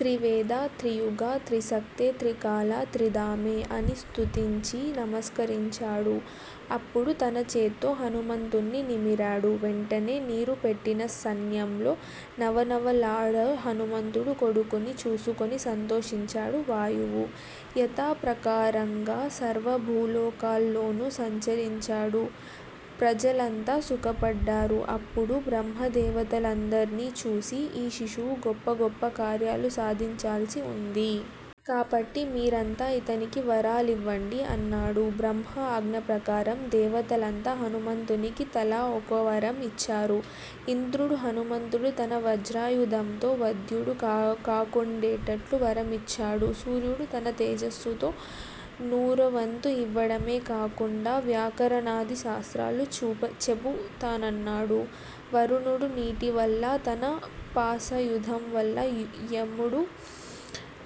త్రివేదా? త్రియుగా? త్రిసక్తే! త్రికాలా! త్రిధామి! అని స్తుతించి నమస్కరించాడు. అప్పుడు తన చేత్తో హనుమంతుణ్ని నిమిరాడు. వెంటనే నీరు పెట్టిన సన్యంలో నవనవలాడే హనుమంతుడు కొడుకుని చూసుకొని సంతోషించాడు వాయువు. యథాప్రకారంగా సర్వభూలోకాల్లోనూ సంచరించాడు. ప్రజలంతా సుఖపడ్డారు. అప్పుడు బ్రహ్మదేవతలందర్ని చూసి ఈ శిశువు గొప్ప గొప్ప కార్యాలు సాధించాల్సి వుంది. కాబట్టి మీరంతా ఇతనికి వరాలివ్వండి అన్నాడు. బ్రహ్మ ఆజ్ఞప్రకారం దేవతలంతా హనుమంతునికి తలా ఒకవరం ఇచ్చారు. ఇంద్రుడు హనుమంతుడు తన వజ్రాయుధంతో వధ్యుడు కాకుండేటట్లు వరం ఇచ్చాడు సూర్యుడు తన తేజస్సులో నూరోవంతు ఇవ్వడమే కాకుండా వ్యాకరణాది శాస్త్రాలు చెపుతానన్నాడు. వరుణుడు నీటివల్లా, తన పాశయుధంవల్లా యముడు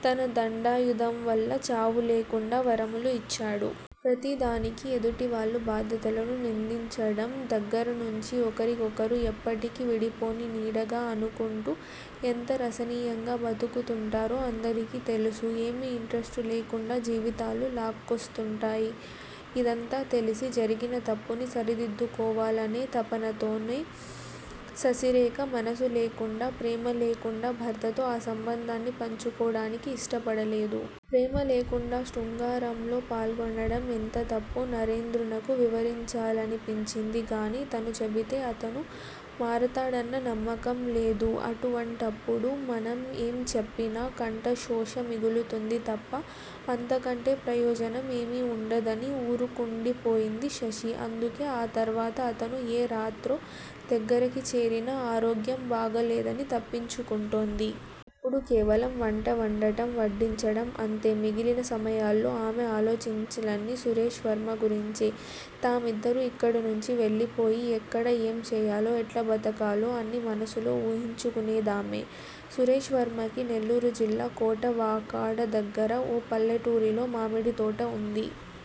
తన దండాయుధంవల్ల చావులేకుండా వరములు ఇచ్చారు. ప్రతిదానికి ఎదుటివాళ్ళు బాధ్యులని నిందించడం దగ్గర్నుంచి ఒకరి కొకరు ఎప్పటికి విడిపోని నీడగా అనుకుంటూ ఎంత రసహీనంగా బతుకుతుంటారో అందరికి తెలుసు. ఏమీ ఇంట్రెస్టు లేకుండా జీవితాలు లాక్కొస్తుంటాయి. ఇదంతా తెలిసి, జరిగిన తప్పుని సరిదిద్దుకోవాలనే తపనతోనే శశిరేఖ మనసు లేకుండా, ప్రేమ లేకుండా భర్తతో ఆ సంబంధాన్ని పంచుకోవడానికి ఇష్టపడలేదు. ప్రేమ లేకుండా శృంగారంలో పాల్గొనడం ఎంత తప్పో నరేంద్రనకు వివరించాలనిపించింది గాని తను చెబితే అతను మారతాడన్న నమ్మకం లేదు. అటువంటప్పుడు మనం ఏం చెప్పినా కంఠశోష మిగులుతుంది తప్ప అంతకంటే ప్రయోజనం ఏమీ వుండదని ఊరుకుండిపోయింది శశి. అందుకే ఆ తర్వాత అతను ఏ రాత్రో దగ్గిరికి చేరినా ఆరోగ్యం బాగాలేదని తప్పించుకుంటోంది. ఇప్పుడు కేవలం వంట వండటం, వడ్డించటం- అంతే. మిగిలిన సమయాల్లో అమె ఆలోచించులన్నీ సురేష్ వర్మ గురించే. తామిద్దరూ ఇక్కడ్నుంచి వెళ్ళిపోయి ఎక్కడ ఏం చేయాలో ఎట్లా బతకాలో అన్నీ మనసులో ఊహించుకునేదామె. సురేష్ వర్మకి నెల్లూరుజిల్లా కోటా వాకాడు దగ్గర ఓ పల్లెటూరిలో మామిడితోట వుంది.